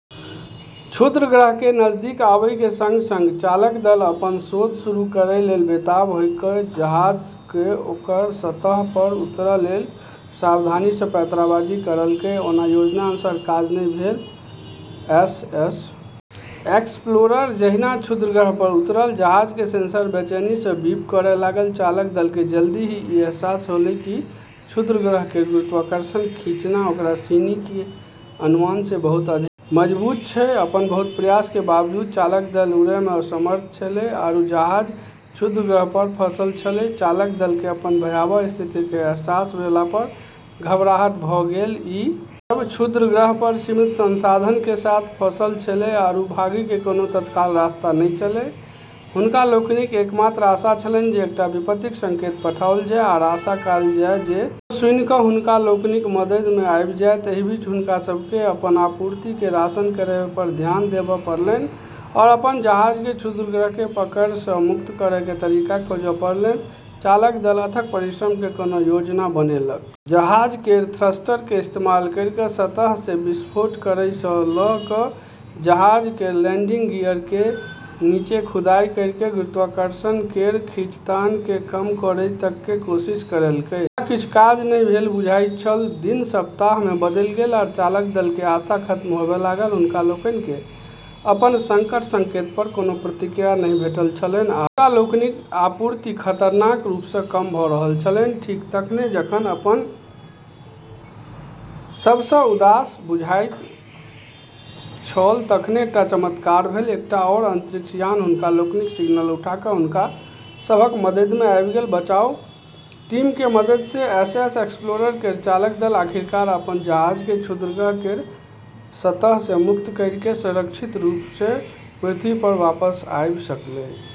क्षुद्रग्रह के नजदीक आबै के संग-संग चालक दल अपनऽ शोध शुरू करै लेली बेताब होय क जहाज क ओकरऽ सतह पे उतरै लेली सावधानी स पैंतराबाजी करलकै, ओना योजनानुसार काज नहि भेल, एसएस एक्सप्लोरर जहिना क्षुद्रग्रह पर उतरल, जहाज के सेंसर बेचैनी सं बीप करय लागल, चालक दल के जल्दी ही ई अहसास होलै कि क्षुद्रग्रह केरऽ गुरुत्वाकर्षण खींचना ओकरा सिनी के अनुमान से बहुत अधिक मजबूत छै, अपनऽ बहुत प्रयास के बावजूद चालक दल उड़ै में असमर्थ छेलै आरू जहाज क्षुद्रग्रह पर फंसलऽ छेलै, चालक दल के अपन भयावह स्थिति के अहसास भेला पर घबराहट भ गेल, ई सब क्षुद्रग्रह पर सीमित संसाधन के साथ फंसलऽ छेलै आरू भागै के कोनो तत्काल रास्ता नै छेलै, हुनका लोकनिक एकमात्र आशा छलनि जे एकटा विपत्तिक संकेत पठाओल जाय आ आशा कयल जाय जे कियो सुनि क हुनका लोकनिक मददि मे आबि जायत, एहि बीच हुनका सब के अपन आपूर्ति के राशन करय पर ध्यान देबय पड़लन्हि आओर अपन जहाज के क्षुद्रग्रह के पकड़ सं मुक्त करय के तरीका खोजय पड़लन्हि, चालक दल अथक परिश्रम कए कोनो योजना बनेलक। जहाज केरऽ थ्रस्टर के इस्तेमाल करी क सतह से विस्फोट करै सं ल के जहाज केरऽ लैंडिंग गियर के नीचें खुदाई करी कं गुरुत्वाकर्षण केरऽ खींचतान कं कम करै तक के कोशिश करलकै मुदा किछु काज नहि भेल बुझाइत छल, दिन सप्ताह मे बदलि गेल आ चालक दल के आशा खत्म होबय लागल, हुनका लोकनि केँ अपन संकट संकेत पर कोनो प्रतिक्रिया नहि भेटल छलनि आ हुनका लोकनिक आपूर्ति खतरनाक रूप सँ कम भ रहल छलनि, ठीक तखने जखन बात अपन सबसँ उदास बुझाइत छल तखने एकटा चमत्कार भेल, एकटा आओर अंतरिक्ष यान हुनका लोकनिक सिग्नल उठा क' हुनका सभक मददि मे आबि गेल, बचाव टीम के मदद से एसएस एक्सप्लोरर केरऽ चालक दल आखिरकार अपनऽ जहाज के क्षुद्रग्रह केरऽ सतह से मुक्त करी के सुरक्षित रूप से पृथ्वी प वापस आबी सकलै।